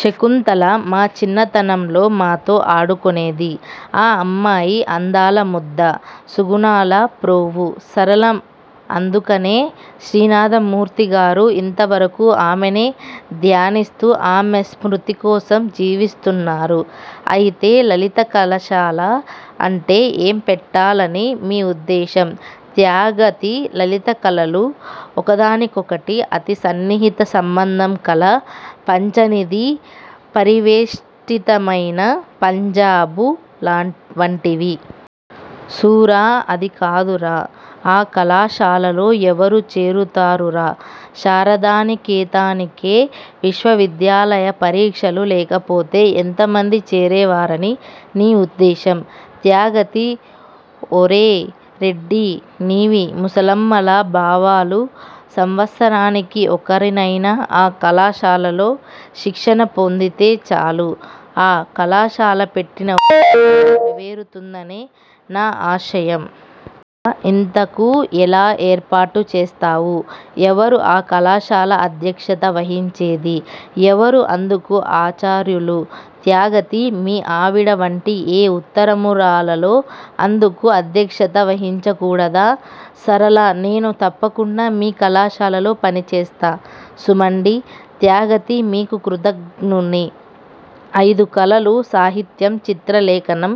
శకుంతల మా చిన్నతనంలో మాతో ఆడుకొనేది. ఆ అమ్మాయి అందాలముద్ద. సుగుణాల ప్రోవు. సరళ అందుకనే శ్రీనాథమూర్తిగారు ఇంతవరకు ఆమెనే ధ్యానిస్తూ, ఆమె స్మృతికోసం జీవిస్తున్నారు. అయితే లలిత కళశాల అంటే ఏం పెట్టాలని మీ ఉద్దేశం? త్యాగతి లలిత కళలు ఒకదానికొకటి అతి సన్నిహిత సంబంధం కల పంచనిదీ పరివేష్టితమైన పంజాబు వంటివి. సూర అది కాదురా. ఆ కళాశాలలో ఎవరు చేరుతారురా! శారదానికేతనానికే, విశ్వవిద్యాలయ పరీక్షలు లేకపోతే ఎంతమంది చేరే వారని నీ ఉద్దేశం? త్యాగతి ఒరే రెడ్డీ, నీవి ముసలమ్మల భావాలు. సంవత్సరానికి ఒకరినైనా ఆ కళాశాలలో శిక్షణ పొందితే చాలు, ఆ కళాశాల పెట్టిన ఉద్దేశం నెరవేరుతుందనే నా ఆశయం. ఎంతకూ ఏలా ఏర్పాటు చేస్తావు? ఎవరు ఆ కళాశాల అధ్యక్షత వహించేది? ఎవరు అందుకు ఆచార్యులు? త్యాగతి మీ ఆవిడవంటి ఏ ఉత్తరమురాలో అందుకు అధ్యక్షత వహించకూడదా? సరళ నేను తప్పకుండా మీ కళాశాలలో పనిచేస్తా సుమండీ. త్యాగతి మీకు కృతజ్ఞున్ని. అయిదు కళలు సాహిత్యం, చిత్ర లేఖనం,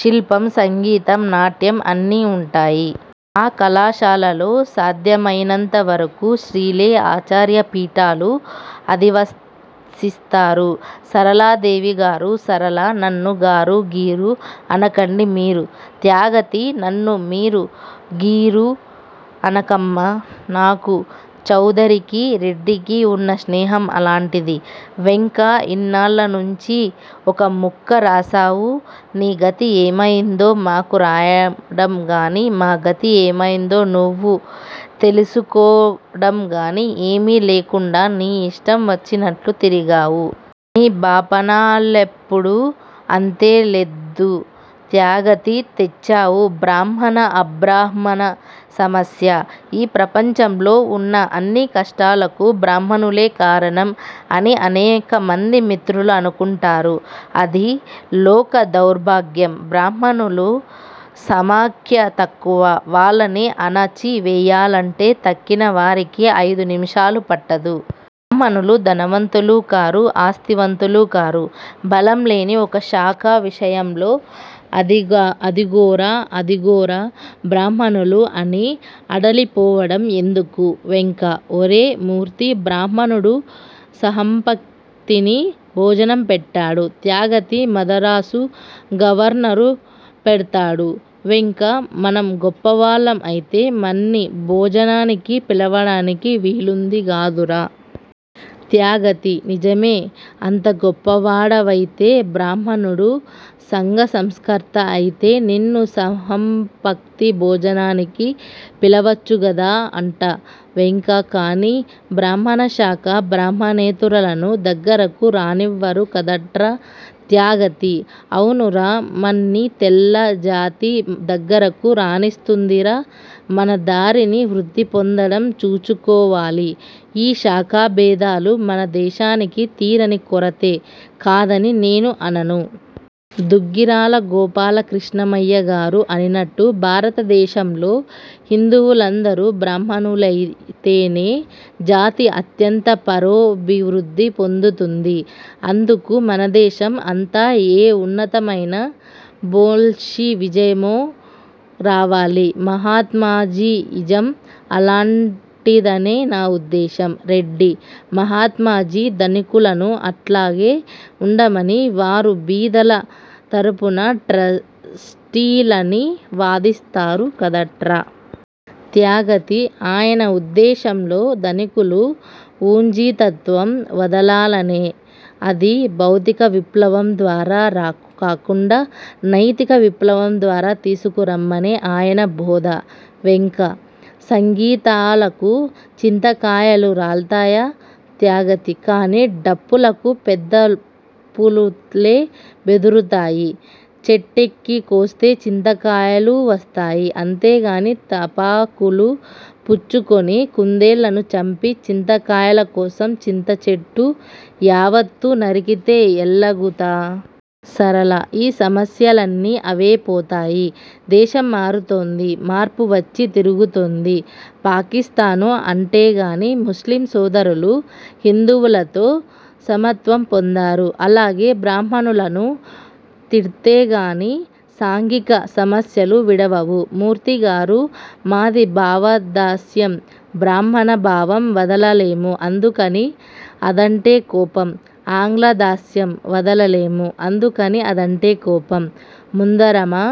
శిల్పం, సంగీతం, నాట్యం అన్నీ వుంటాయి. ఆ కళాశాలలో సాధ్యమయినంతవరకు స్త్రీలే ఆచార్య పీఠాలు అధివసిస్తారు సరళాదేవి గారూ సరళ నన్ను గారూ గీరూ అనకండి మీరు. త్యాగతి నన్ను మీరూ గీరూ అనకమ్మా! నాకూ, చౌదరికి, రెడ్డికి వున్న స్నేహం అలాంటిది. వెంక ఇన్నాళ్ళనుంచీ ఒక ముక్క రాశావూ! నీగతి ఏమయిందో మాకు రాయడంగాని, మా గతి ఏమయిందో నువ్వు తెలిసికోడంగాని ఏమీ లేకుండా నీ ఇష్టం వచ్చినట్లు తిరిగావు. మీ బాపనాళ్ళెప్పుడూ అంతే లెద్దూ. త్యాగతి తెచ్చావు బ్రాహ్మణ అభ్రాహ్మణ సమస్య! ఈ ప్రపంచంలో ఉన్న అన్ని కష్టాలకూ బ్రాహ్మణులే కారణం అని అనేకమంది మిత్రులు అనుకుంటారు. అధి లోక దౌర్భాగ్యం. బ్రాహ్మణుల సమాఖ్య తక్కువ. వాళ్ళని అణచి వెయ్యాలంటే తక్కినవారికి అయిదు నిమిషాలు పట్టదు. బ్రాహ్మణులు ధనవంతులూ కారు, ఆస్తివంతులూ కారు. బలంలేని ఒక శాఖ విషయంలో అదిగోరా! అధిగోరా! బ్రాహ్మణులు అని అడలిపోవడం ఎందుకు? వెంక: ఒరే మూర్తీ, బ్రాహ్మణుడు సహపంక్తిని భోజనం పెట్టాడు. త్యాగతి మదరాసు గవర్నరు పెడ్తాడూ! వెంక మనం గొప్పవాళ్ళం అయితే, మన్ని భోజనానికి పిలవడానికి వీలుందిగాదురా? త్యాగతి: నిజమే, అంత గొప్పవాడవైతే, బ్రాహ్మణుడు సంఘ సంస్కర్త అయితే నిన్ను సహపంక్తి భోజనానికి పిలవవచ్చుగాదా అంట! వెంక కాని బ్రాహ్మణశాఖ బ్రాహ్మణేతరులను దగ్గరకు రానివ్వరు కాదట్రా. త్యాగతి: అవునురా, మన్ని తెల్లజాతి దగ్గరకు రానిస్తూందిరా? మన దారిని వృద్దిపొందడం చూచుకోవాలి ఈ శాఖాభేదాలు మన దేశానికి తీరని కొరతే, కాదని నేను అనను. దుగ్గిరాల గోపాలకృష్ణమయ్యగారు అనినట్లు భారత దేశంలో హిందువులందరూ బ్రాహ్మణులైతేనే జాతి అత్యంత పరోభివృద్ది పొందుతుంది. అందుకు మనదేశం అంతా ఏ ఉన్నతమైన బోల్షివిజమో రావాలి! మహాత్మాజీఇజం అల్లాంటిదనే నా ఉద్దేశం. రెడ్డి: మహాత్మాజీ ధనికులను అల్లాగే ఉండమని, వారు బీదల తరపున ట్రస్టీలని వాదిస్తారు కాదట్రా? త్యాగతి: ఆయన ఉద్దేశంలో ధనికులు వూంజీతత్వం వదలాలనే. అది భౌతికవిప్లవం ద్వారా కాకుండా నైతిక విప్లవం ద్వారా తీసుకురమ్మనే ఆయన బోధ! వెంక: సంగీతాలకు చింతకాయలు రాల్తాయా? త్యాగతి: కాని డప్పులకు పెద్దపులులే బెదురుతాయి. చెట్టెక్కికోస్తే చింతకాయలూ వస్తాయి. అంతేకాని తపాకులు పుచ్చుకొని కుందేళ్ళను చంపి, చింతకాయలకోసం చింతచెట్టు యావత్తూ నరికితే ఎల్లగుతా? సరళ: ఈ సమస్యలన్నీ అవేపోతాయి. దేశం మారుతోంది. మార్పు వచ్చి తిరుగుతోంది. పాకిస్తాను అంటేగాని, ముస్లిం సోదరులు హిందువులతో సమత్వం పొందారు. అలాగే బ్రాహ్మణులను తిడ్తేగాని సాంఘిక సమస్యలు విడవవు. మూర్తిగారూ, మాది భావదాస్యం. బ్రాహ్మణ బావం వదలలేము. అందుకని అదంటే కోపం. ఆంగ్లదాస్యం వదలలేము: అందుకని అదంటే కోపం. ముందరమా